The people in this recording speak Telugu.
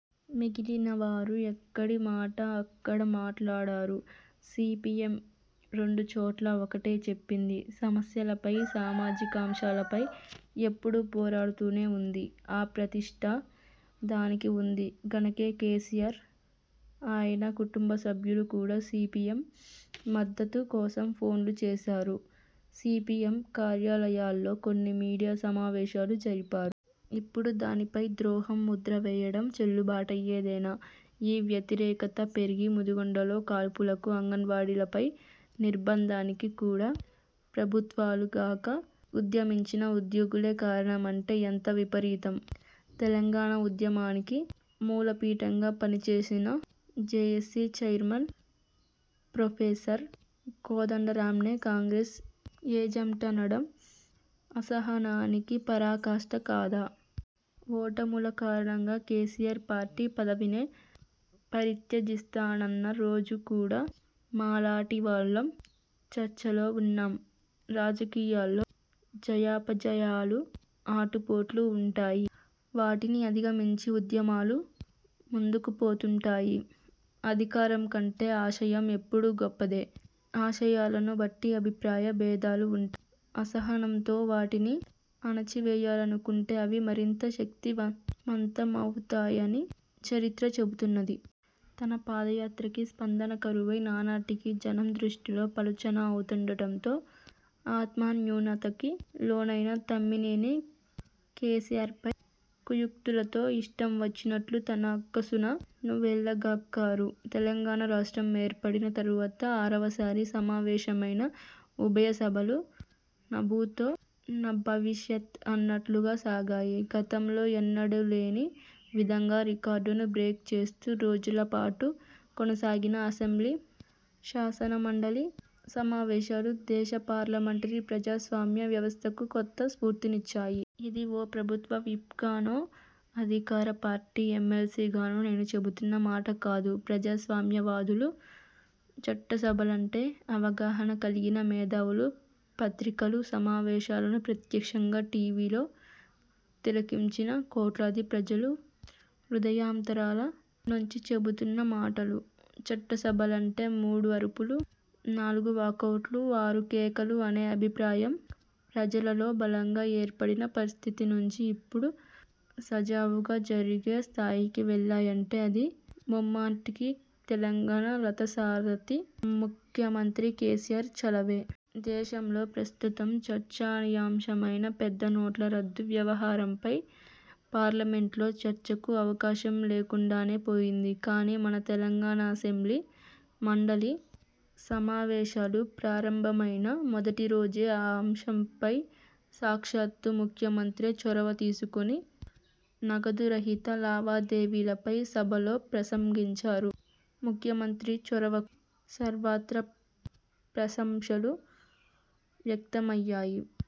మిగిలిన వారు ఎక్కడి మాట అక్కడ మాట్లాడారు. సీపీఎం రెండు చోట్ల ఒకటే చెప్పింది. సమస్యలపై సామాజికాంశాలపై ఎప్పడూ పోరాడుతూనే వుంది. ఆ ప్రతిష్ట దానికి వుంది గనకే కేసీఆర్ ఆయన కుటుంబసభ్యులు కూడా సీపీఎం మద్దతు కోసం ఫోన్లు చేశారు. సీపీఎం కార్యాలయాల్లో కొన్ని మీడియా సమావేశాలు జరిపారు. ఇప్పుడు దానిపై ద్రోహం ముద్ర వేయడం చెల్లుబాటయ్యేదేనా? ఈ వ్యతిరేకత పెరిగి- ముదిగొండలో కాల్పులకూ అంగన్వాడీలపై నిర్బంధానికి కూడా ప్రభుత్వాలుగాక ఉద్యమించిన ఉద్యోగులే కారణమంటే ఎంత విపరీతం? తెలంగాణ ఉద్యమానికి మూలపీఠంగా పనిచేసిన జేఏసీ చైర్మన్ ప్రొఫెసర్ కోదండరామ్నే కాంగ్రెస్ ఏజంటనడం అసహనానికి పరాకాష్ఠ కాదా? ఓటముల కారణంగా కేసీఆర్ పార్టీ పదవినే పరిత్యజిస్తానన్న రోజు కూడా మాలాటి వాళ్లం చర్చలో వున్నాం. రాజకీయాల్లో జయాపజయాలు ఆటుపోట్లు వుంటాయి. వాటిని అధిగమించి ఉద్యమాలు ముందుకుపోతుంటాయి. అధికారం కంటే ఆశయం ఎప్పుడూ గొప్పదే. ఆశయాలను బట్టి అభిప్రాయ భేదాలూ వుంటాయి. అసహనంతో వాటిని అణచివేయాలనుకుంటే అవి మరింత శక్తిమంతమవుతాయని చరిత్ర చెబుతున్నది. తన పాదయాత్రకి స్పందన కరువై నానాటికీ జనం దృష్టిలో పలుచన అవుతుండటంతో ఆత్మన్యూనతకి లోనైన తమ్మినేని కేసీఆర్పై కుయుక్తులతో ఇష్టం వచ్చినట్లు తన అక్కసును వెళ్లగక్కారు. తెలంగాణ రాష్ట్రం ఏర్పడిన తరువాత ఆరవసారి సమావేశమైన ఉభయసభలు నభూతో నభవిష్యత్ అన్నట్లుగా సాగాయి. గతంలో ఎన్నడూలేని విధంగా రికార్డును బ్రేక్ చేస్తూ రోజుల పాటు కొనసాగిన అసెంబ్లీ, శాసనమండలి సమావేశాలు దేశ పార్లమెంటరీ ప్రజాస్వామ్య వ్యవస్థకు కొత్త స్ఫూర్తినిచ్చాయి. ఇది ఓ ప్రభుత్వ విప్గానో, అధికార పార్టీ ఎమ్మెల్సీగానో నేను చెబుతున్న మాటకాదు. ప్రజాస్వామ్యవాదులు, చట్టసభలంటే అవగాహన కల్గిన మేధావులు, పత్రికలు, సమావేశాలను ప్రత్యక్షంగా టీవీలో తిలకించిన కోట్లాదిప్రజలు హృదయాంతరాల నుంచి చెబుతున్న మాటలు. చట్టసభలంటే మూడుఅరుపులు, నాలుగు వాకౌట్లు, ఆరు కేకలు అనే అభిప్రాయం ప్రజలలో బలంగా ఏర్పడిన పరిస్థితి నుంచి ఇప్పుడు సజావుగా జరిగే స్థాయికి వెళ్ళాయంటే అది ముమ్మాటికీ తెలంగాణ రథసారథి ముఖ్యమంత్రి కేసీఆర్ చలవే. దేశంలో ప్రస్తుతం చర్చనీయాంశమైన పెద్ద నోట్ల రద్దు వ్యవహారంపై పార్లమెంట్లో చర్చకు అవకాశం లేకుండానే పొయింది. కానీ మన తెలంగాణ అసెంబ్లీ, మండలి సమావేశాలు ప్రారంభమైన మొదటిరోజే ఆ అంశంపై సాక్షాత్తూ ముఖ్యమంత్రే చొరవ తీసుకుని నగదురహిత లావాదేవీలపై సభలో ప్రసంగించారు. ముఖ్యమంత్రి చొరవకు సర్వత్రా ప్రశంసలు వ్యక్తమయ్యాయి.